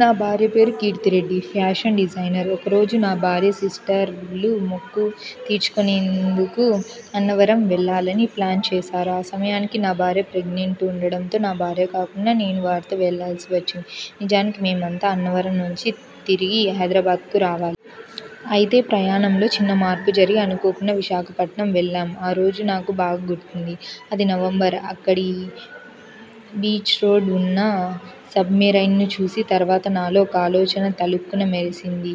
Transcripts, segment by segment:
నా భార్య పేరు కీర్తి రెడ్డి. Fashion designer. ఒకరోజు నా భార్య సిస్టర్వాళ్లు మొక్కు తీర్చుకునేందుకు అన్నవరం వెళ్లాలని ప్లాన్ చేశారు. ఆ సమయానికి నా భార్య ప్రెగ్నెంట్గా ఉండటంతో నా భార్య కాకుండా నేను వారితో వెళ్లాల్సి వచ్చింది. నిజానికి మేమంతా అన్నవరం నుంచి తిరిగి హైదరాబాద్కు రావాలి. అయితే ప్రయాణంలో చిన్న మార్పు జరిగి అనుకోకుండా విశాఖపట్నం వెళ్లాం. ఆ రోజు నాకు బాగా గుర్తుంది. అది నవంబర్. అక్కడి బీచ్రోడ్లో ఉన్న సబ్మెరైన్ను చూసిన తర్వాత నాలో ఒక ఆలోచన తళుక్కున మెరిసింది.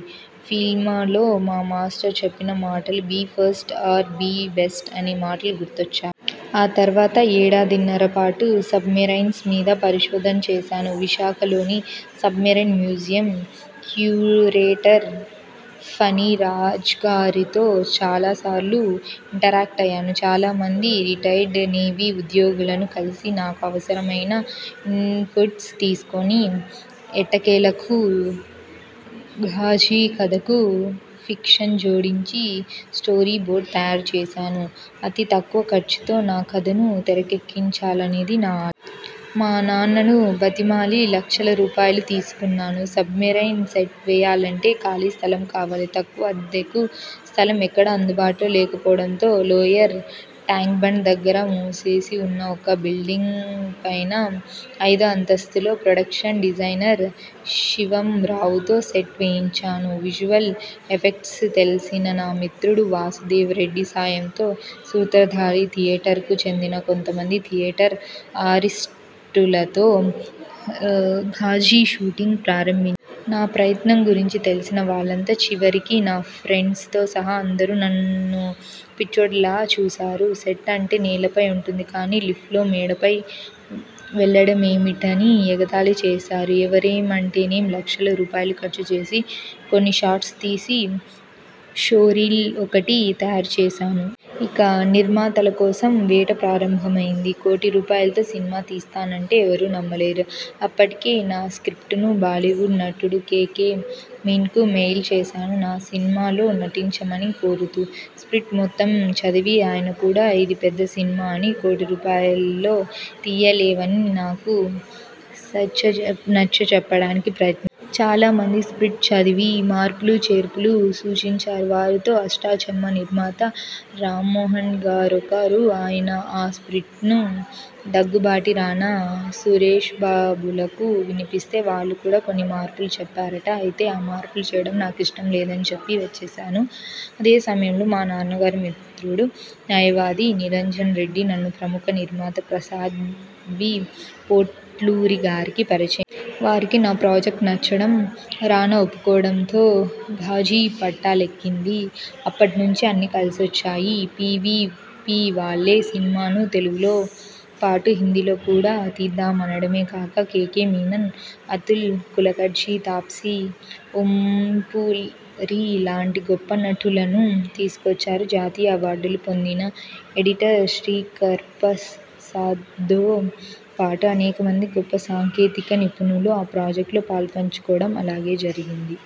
ఫిల్మ్స్కూల్లో మా మాస్టర్ చెప్పిన మాటలు 'be first or be best' అనే మాటలు గుర్తొచ్చాయి. ఆ తర్వాత ఏడాదిన్నర పాటు సబ్మెరైన్స్ మీద పరిశోధన చేశాను. విశాఖలోని సబ్మెరైన్ మ్యూజియం క్యూరేటర్ ఫణిరాజ్గారితో చాలాసార్లు ఇంటరాక్ట్ అయ్యాను. చాలామంది రిటైర్డ్ నేవీ ఉద్యోగులను కలిసి నాకు అవసరమైన ఇన్పుట్స్ తీసుకుని ఎట్టకేలకు 'ఘాజీ' కథకు ఫిక్షన్ జోడించి స్టోరీబోర్డ్ తయారుచేశాను. అతి తక్కువ ఖర్చుతో నా కథను తెరకెక్కించాలనేది నా ఆలోచన. మా నాన్నను బతిమాలి లక్షల రూపాయలు తీసుకున్నాను. 'సబ్మెరైన్' సెట్ వేయాలంటే ఖాళీ స్థలం కావాలి. తక్కువ అద్దెకు స్థలం ఎక్కడా అందుబాటులో లేకపోవడంతో లోయర్ టాంక్బండ్ దగ్గర మూసేసి ఉన్న ఒక బిల్డింగ్పైన ఐదో అంతస్తులో ప్రొడక్షన్ డిజైనర్ శివంరావుతో సెట్ వేయించాను. విజువల్ ఎఫెక్ట్స్ తెలిసిన నా మిత్రుడు వాసుదేవరెడ్డి సాయంతో, 'సూత్రధారి' థియేటర్కు చెందిన కొంతమంది థియేటర్ ఆర్టిస్టులతో 'ఘాజీ' షూటింగ్ ప్రారంభించాను. నా ప్రయత్నం గురించి తెలిసిన వాళ్లంతా చివరికి నా ఫ్రెండ్స్తో సహా అందరూ నన్నో పిచ్చోడిలా చూశారు. సెట్ అంటే నేలపైన ఉంటుంది కానీ లిఫ్ట్లో మేడపైకి వెళ్లడమేమిటని ఎగతాళి చేశారు. ఎవరేమంటేనేం లక్షల రూపాయలు ఖర్చుచేసి కొన్ని షాట్స్ తీసి, షోరీల్ ఒకటి తయారుచేశాను. ఇక నిర్మాతల కోసం వేట ప్రారంభమైంది. కోటి రూపాయలతో సినిమా తీస్తానంటే ఎవరూ నమ్మలేదు. అప్పటికే నా స్ర్కిప్టును బాలీవుడ్ నటుడు కెకె మీనన్కు మెయిల్ చేశాను నా సినిమాలో నటించమని కోరుతూ. స్ర్కిప్టు మొత్తం చదివి ఆయన కూడా ఇది పెద్ద సినిమా అని, కోటి రూపాయల్లో తీయలేవని నాకు నచ్చజెప్పడానికి ప్రయత్నించారు. చాలామంది స్ర్కిప్టు చదివి మార్పులు చేర్పులు సూచించారు. వారిలో 'అష్టాచెమ్మా' నిర్మాత రామ్మోహన్గారొకరు. ఆయన ఆ స్ర్కిప్టును దగ్గుబాటి రానా, సురేష్బాబులకు వినిపిస్తే వాళ్లు కూడా కొన్ని మార్పులు చెప్పారట. అయితే ఆ మార్పులు చేయడం నాకిష్టం లేదని చెప్పి వచ్చేశాను. అదే సమయంలో మా నాన్నగారి మిత్రుడు, న్యాయవాది నిరంజన్రెడ్డి నన్ను ప్రముఖ నిర్మాత ప్రసాద్ వి పొట్లూరిగారికి పరిచయం చేశారు. వారికి నా ప్రాజెక్ట్ నచ్చడం, రానా ఒప్పుకోవడంతో 'ఘాజీ' పట్టాలెక్కింది. అప్పటి నుంచి అన్నీ కలిసొచ్చాయి. పీవీపీవాళ్లే సినిమాను తెలుగుతో పాటు హిందీలో కూడా తీద్దామనడమేగాక, కెకె మీనన్, అతుల్ కులకర్ణి, తాప్సీ, ఓంపురిలాంటి గొప్ప నటీనటులను తీసుకొచ్చారు. జాతీయ అవార్డులు పొందిన ఎడిటర్ శ్రీకర్ప్రసాద్తో పాటు అనేకమంది గొప్ప సాంకేతిక నిపుణులు ఈ ప్రాజెక్టులో పాలు పంచుకోవడం అలాగే జరిగింది.